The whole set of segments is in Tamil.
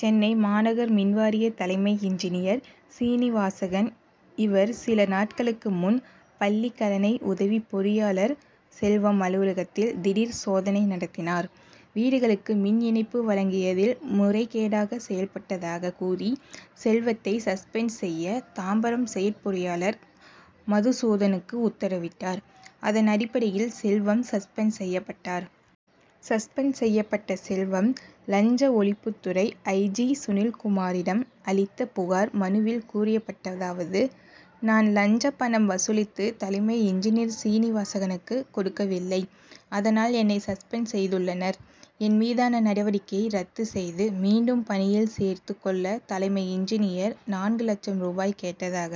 சென்னை மாநகர் மின்வாரிய தலைமை இன்ஜினியர் சீனிவாசகன். இவர், சில நாட்களுக்கு முன் பள்ளிக்கரணை உதவி பொறியாளர் செல்வம் அலுவலகத்தில் திடீர் சோதனை நடத்தினார். வீடுகளுக்கு மின் இணைப்பு வழங்கியதில் முறைகேடாக செயல்பட்டதாக கூறி, செல்வத்தை சஸ்பெண்ட் செய்ய, தாம்பரம் செயற்பொறியாளர் மதுசூதனுக்கு உத்தரவிட்டார். அதன் அடிப்படையில் செல்வம் சஸ்பெண்ட் செய்யப்பட்டார். சஸ்பெண்ட் செய்யப்பட்ட செல்வம், லஞ்ச ஒழிப்புத்துறை ஐ. ஜி., சுனில்குமாரிடம் அளித்த புகார் மனுவில் கூறியப்பட்டதாவது நான் லஞ்ச பணம் வசூலித்து தலைமை இன்ஜினியர் சீனிவாசகனுக்கு கொடுக்கவில்லை. அதனால், என்னை சஸ்பெண்ட் செய்துள்ளனர். என் மீதான நடவடிக்கையை ரத்து செய்து மீண்டும் பணியில் சேர்த்துக் கொள்ள தலைமை இன்ஜினியர், நான்கு லட்சம் ரூபாய் கேட்டதாக,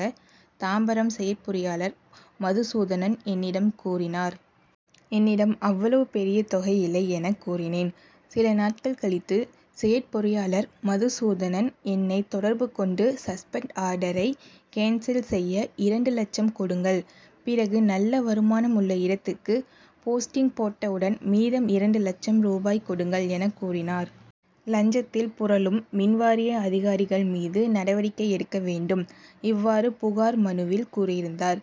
தாம்பரம் செயற்பொறியாளர் மதுசூதனன் என்னிடம் கூறினார். என்னிடம் அவ்வளவு பெரிய தொகை இல்லை என கூறினேன். சில நாட்கள் கழித்து, செயற்பொறியாளர் மதுசூதனன் என்னை தொடர்பு கொண்டு, சஸ்பெண்ட் ஆர்டரை கேன்சல் செய்ய இரண்டு லட்சம் கொடுங்கள், பிறகு நல்ல வருமானம் உள்ள இடத்திற்கு போஸ்டிங் போட்டவுடன் மீதம் இரண்டு லட்சம் ரூபாய் கொடுங்கள் என கூறினார். லஞ்சத்தில் புரளும் மின்வாரிய அதிகாரிகள் மீது நடவடிக்கை எடுக்க வேண்டும். இவ்வாறு புகார் மனுவில் கூறியிருந்தார்.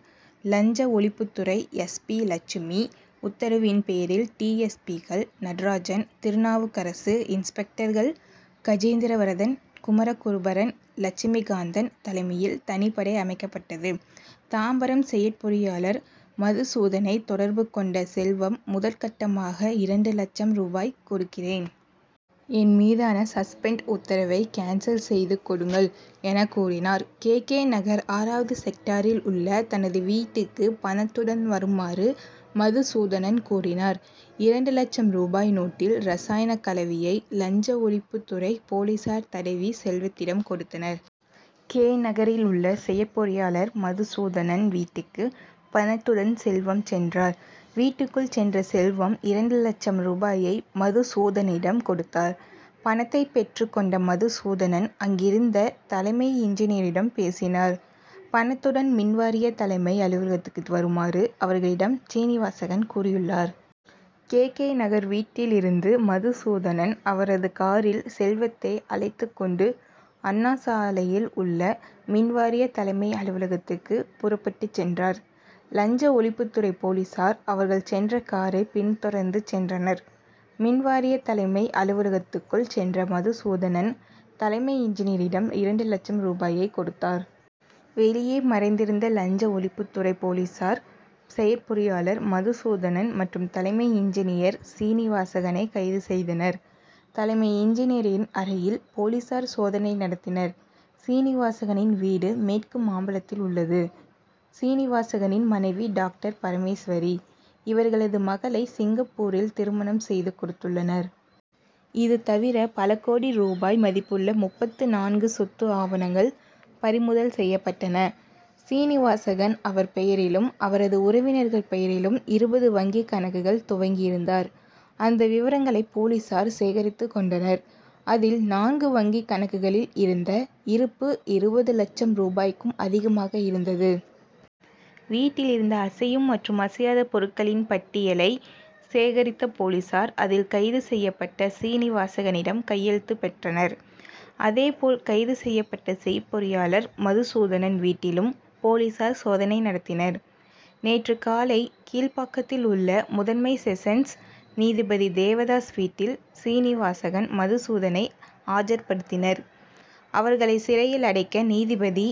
லஞ்ச ஒழிப்புத்துறை எஸ். பி., லட்சுமி உத்தரவின் பேரில் டி. எஸ். பி.,கள் நடராஜன், திருநாவுக்கரசு, இன்ஸ்பெக்டர்கள் கஜேந்திரவரதன், குமரகுருபரன், லட்சுமிகாந்தன் தலைமையில் தனிப்படை அமைக்கப்பட்டது. தாம்பரம் செயற்பொறியாளர் மதுசூதனை தொடர்பு கொண்ட செல்வம், முதற்கட்டமாக இரண்டு லட்சம் ரூபாய் கொடுக்கிறேன். என் மீதான சஸ்பெண்ட் உத்தரவை கேன்சல் செய்து கொடுங்கள் என கூறினார். கே. கே. நகர் ஆறாவது செக்டாரில் உள்ள தனது வீட்டிற்கு பணத்துடன் வருமாறு மதுசூதனன் கூறினார். இரண்டு லட்சம் ரூபாய் நோட்டில் ரசாயன கலவையை, லஞ்ச ஒழிப்புத் துறை போலீசார் தடவி, செல்வத்திடம் கொடுத்தனர். கே. நகரில் உள்ள செயற்பொறியாளர் மதுசூதனன் வீட்டிற்கு, பணத்துடன் செல்வம் சென்றார். வீட்டிற்குள் சென்ற செல்வம், இரண்டு லட்சம் ரூபாயை, மதுசூதனிடம் கொடுத்தார். பணத்தை பெற்றுக் கொண்ட மதுசூதனன், அங்கிருந்தே தலைமை இன்ஜினியரிடம் பேசினார். பணத்துடன் மின்வாரிய தலைமை அலுவலகத்திற்கு வருமாறு, அவர்களிடம் சீனிவாசகன் கூறியுள்ளார். கே. கே. நகர் வீட்டில் இருந்து மதுசூதனன் அவரது காரில், செல்வத்தை அழைத்துக் கொண்டு அண்ணாசாலையில் உள்ள மின்வாரிய தலைமை அலுவலகத்திற்கு புறப்பட்டுச் சென்றார். லஞ்ச ஒழிப்புத்துறை போலீசார், அவர்கள்ச் சென்ற காரை பின்தொடர்ந்து சென்றனர். மின்வாரிய தலைமை அலுவலகத்துக்குள் சென்ற மதுசூதனன், தலைமை இன்ஜினியரிடம் இரண்டு லட்சம் ரூபாயை கொடுத்தார். வெளியே மறைந்திருந்த லஞ்ச ஒழிப்புத்துறை போலீசார், செயற்பொறியாளர் மதுசூதனன் மற்றும் தலைமை இன்ஜினியர் சீனிவாசகனை கைது செய்தனர். தலைமை இன்ஜினியரின் அறையில் போலீசார் சோதனை நடத்தினர். சீனிவாசகனின் வீடு மேற்கு மாம்பலத்தில் உள்ளது. சீனிவாசகனின் மனைவி டாக்டர் பரமேஸ்வரி. இவர்களது மகளை சிங்கப்பூரில் திருமணம் செய்து கொடுத்துள்ளனர். இது தவிர பல கோடி ரூபாய் மதிப்புள்ள முப்பத்து நான்கு சொத்து ஆவணங்கள் பறிமுதல் செய்யப்பட்டன. சீனிவாசகன் அவர் பெயரிலும் அவரது உறவினர்கள் பெயரிலும் இருபது வங்கி கணக்குகள் துவங்கியிருந்தார். அந்த விவரங்களை போலீசார் சேகரித்துக் கொண்டனர். அதில், நான்கு வங்கி கணக்குகளில் இருந்த இருப்பு, இருபது லட்சம் ரூபாய்க்கும் அதிகமாக இருந்தது. வீட்டில் இருந்த அசையும் மற்றும் அசையாத பொருட்களின் பட்டியலை சேகரித்த போலீசார், அதில் கைது செய்யப்பட்ட சீனிவாசகனிடம் கையெழுத்து பெற்றனர். அதே போல் கைது செய்யப்பட்ட செயற்பொறியாளர் மதுசூதனன் வீட்டிலும் போலீசார் சோதனை நடத்தினர். நேற்று காலை கீழ்ப்பாக்கத்தில் உள்ள முதன்மை செஷன்ஸ் நீதிபதி தேவதாஸ் வீட்டில் சீனிவாசகன், மதுசூதனை ஆஜர்படுத்தினர். அவர்களை சிறையில் அடைக்க நீதிபதி